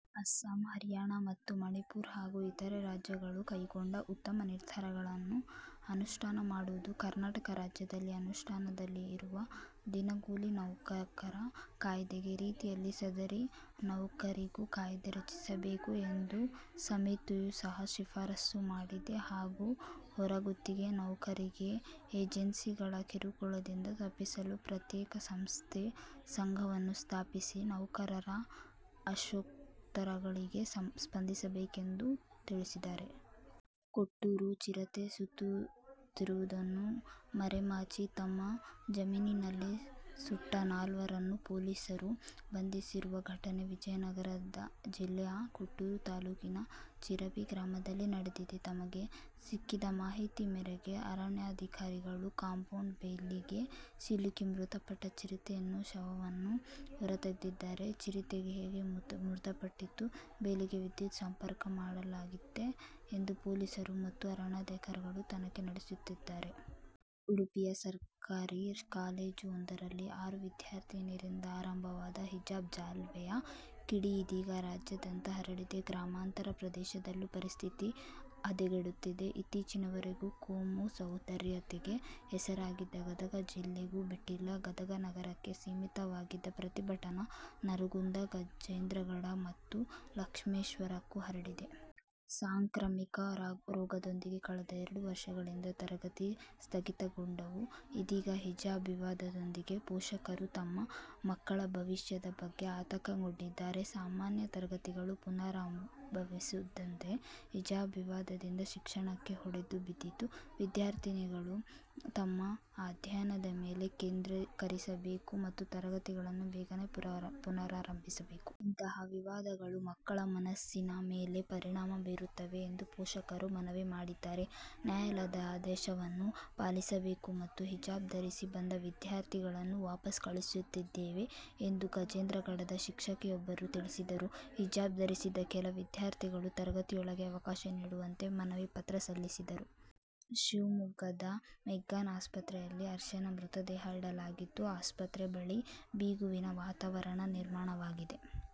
ಅಸ್ಸಾಂ, ಹರಿಯಾಣ ಮತ್ತು ಮಣಿಪುರ ಹಾಗೂ ಇತರೆ ರಾಜ್ಯಗಳು ಕೈಗೊಂಡ ಉತ್ತಮ ನಿರ್ಧಾರಗಳನ್ನು ಅನುಷ್ಠಾನ ಮಾಡುವುದು ಕರ್ನಾಟಕ ರಾಜ್ಯದಲ್ಲಿ ಅನುಷ್ಠಾನದಲ್ಲಿ ಇರುವ ದಿನಗೂಲಿ ನೌಕರರ ಕಾಯ್ದೆಯ ರೀತಿಯಲ್ಲಿ ಸದರಿ ನೌಕರರಿಗೂ ಕಾಯ್ದೆ ರಚಿಸಬೇಕು ಎಂದು ಸಮಿತಿಯು ಸಹ ಶಿಫಾರಸ್ಸು ಮಾಡಿದೆ ಹಾಗೂ ಹೊರಗುತ್ತಿಗೆ ನೌಕರರಿಗೆ ಏಜೆನ್ಸಿಗಳ ಕಿರುಕುಳದಿಂದ ತಪ್ಪಿಸಲು ಪ್ರತ್ಯೇಕ ಸಂಸ್ಥೆ / ಸಂಘವನ್ನು ಸ್ಥಾಪಿಸಿ ನೌಕರರ ಆಶೋತ್ತರಗಳಿಗೆ ಸ್ಪಂದಿಸಬೇಕೆಂದು ಎಂದು ತಿಳಿಸಿದರು. ಕೊಟ್ಟೂರು: ಚಿರತೆ ಸತ್ತಿರುವುದನ್ನು ಮರೆಮಾಚಿ ತಮ್ಮ ಜಮೀನಿನಲ್ಲಿ ಸುಟ್ಟ ನಾಲ್ವರನ್ನು ಪೊಲೀಸರು ಬಂಧಿಸಿರುವ ಘಟನೆ ವಿಜಯನಗರ ಜಿಲ್ಲೆಯ ಕೊಟ್ಟೂರು ತಾಲ್ಲೂಕಿನ ಚಿರಬಿ ಗ್ರಾಮದಲ್ಲಿ ನಡೆದಿದೆ. ತಮಗೆ ಸಿಕ್ಕಿದ ಮಾಹಿತಿ ಮೇರೆಗೆ ಅರಣ್ಯಾಧಿಕಾರಿಗಳು ಕಂಪೌಂಡ್ ಬೇಲಿಗೆ ಸಿಲುಕಿ ಮೃತಪಟ್ಟ ಚಿರತೆಯ ಶವವನ್ನು ಹೊರತೆಗೆದಿದ್ದಾರೆ. ಚಿರತೆ ಹೇಗೆ ಮೃತಪಟ್ಟಿತು, ಬೇಲಿಗೆ ವಿದ್ಯುತ್ ಸಂಪರ್ಕ ಮಾಡಲಾಗಿತ್ತೇ ಎಂದು ಪೊಲೀಸರು ಮತ್ತು ಅರಣ್ಯಾಧಿಕಾರಿಗಳು ತನಿಖೆ ನಡೆಸುತ್ತಿದ್ದಾರೆ. ಉಡುಪಿಯ ಸರ್ಕಾರಿ ಕಾಲೇಜ್ ವೊಂದರಲ್ಲಿ ಆರು ವಿದ್ಯಾರ್ಥಿನಿಯರಿಂದ ಆರಂಭವಾದ ಹಿಜಾಬ್ ಜ್ವಾಲೆಯ ಕಿಡಿ ಇದೀಗ ರಾಜ್ಯಾದ್ಯಂತ ಹರಡಿದೆ. ಗ್ರಾಮಾಂತರ ಪ್ರದೇಶದಲ್ಲೂ ಪರಿಸ್ಥಿತಿ ಹದಗೆಡುತ್ತಿದೆ. ಇತ್ತೀಚಿನವರೆಗೂ ಕೋಮು ಸೌಹಾರ್ದತೆಗೆ ಹೆಸರಾಗಿದ್ದ ಗದಗ ಜಿಲ್ಲೆಗೂ ಬಿಟ್ಟಿಲ್ಲ. ಗದಗ ನಗರಕ್ಕೆ ಸೀಮಿತವಾಗಿದ್ದ ಪ್ರತಿಭಟನೆ ನರಗುಂದ, ಗಜೇಂದ್ರಗಡ ಮತ್ತು ಲಕ್ಷ್ಮೇಶ್ವರಕ್ಕೂ ಹರಡಿದೆ. ಸಾಂಕ್ರಾಮಿಕ ರೋಗದಿಂದಾಗಿ ಕಳೆದ ಎರಡು ವರ್ಷಗಳಿಂದ ತರಗತಿಗಳು ಸ್ಥಗಿತಗೊಂಡವು. ಇದೀಗ ಹಿಜಾಬ್ ವಿವಾದದಿಂದಾಗಿ ಪೋಷಕರು ತಮ್ಮ ಮಕ್ಕಳ ಭವಿಷ್ಯದ ಬಗ್ಗೆ ಆತಂಕಗೊಂಡಿದ್ದಾರೆ. ಸಾಮಾನ್ಯ ತರಗತಿಗಳು ಪುನರಾರಂಭವಾಗುತ್ತಿದ್ದಂತೆ, ಹಿಜಾಬ್ ವಿವಾದದಿಂದ ಶಿಕ್ಷಣಕ್ಕೆ ಹೊಡೆತ ಬಿದ್ದಿತು. ವಿದ್ಯಾರ್ಥಿಗಳು ತಮ್ಮ ಅಧ್ಯಯನದ ಮೇಲೆ ಕೇಂದ್ರೀಕರಿಸಬೇಕು ಮತ್ತು ತರಗತಿಗಳನ್ನು ಬೇಗನೆ ಪುನರಾರಂಭಿಸಬೇಕು. ಇಂತಹ ವಿವಾದಗಳು ಮಕ್ಕಳ ಮನಸ್ಸಿನ ಮೇಲೆ ಪರಿಣಾಮ ಬೀರುತ್ತವೆ ಎಂದು ಪೋಷಕರು ಮನವಿ ಮಾಡಿದ್ದಾರೆ. ನ್ಯಾಯಾಲಯದ ಆದೇಶವನ್ನು ಪಾಲಿಸಬೇಕು ಮತ್ತು ಹಿಜಾಬ್ ಧರಿಸಿ ಬಂದ ವಿದ್ಯಾರ್ಥಿಗಳನ್ನು ವಾಪಸ್ ಕಳುಹಿಸಿದ್ದೇವೆ ಎಂದು ಗಜೇಂದ್ರಗಡದ ಶಿಕ್ಷಕರೊಬ್ಬರು ತಿಳಿಸಿದರು. ಹಿಜಾಬ್ ಧರಿಸಿದ ಕೆಲ ವಿದ್ಯಾರ್ಥಿಗಳು ತರಗತಿಯೊಳಗೆ ಅವಕಾಶ ನೀಡುವಂತೆ ಮನವಿ ಪತ್ರ ಸಲ್ಲಿಸಿದರು. ಶಿವಮೊಗ್ಗದ ಮೆಗ್ಗಾನ್ ಆಸ್ಪತ್ರೆಯಲ್ಲಿ ಹರ್ಷನ ಮೃತದೇಹ ಇಡಲಾಗಿದ್ದು ಆಸ್ಪತ್ರೆ ಬಳಿ ಬಿಗುವಿನ ವಾತಾವರಣ ನಿರ್ಮಾಣವಾಗಿದೆ.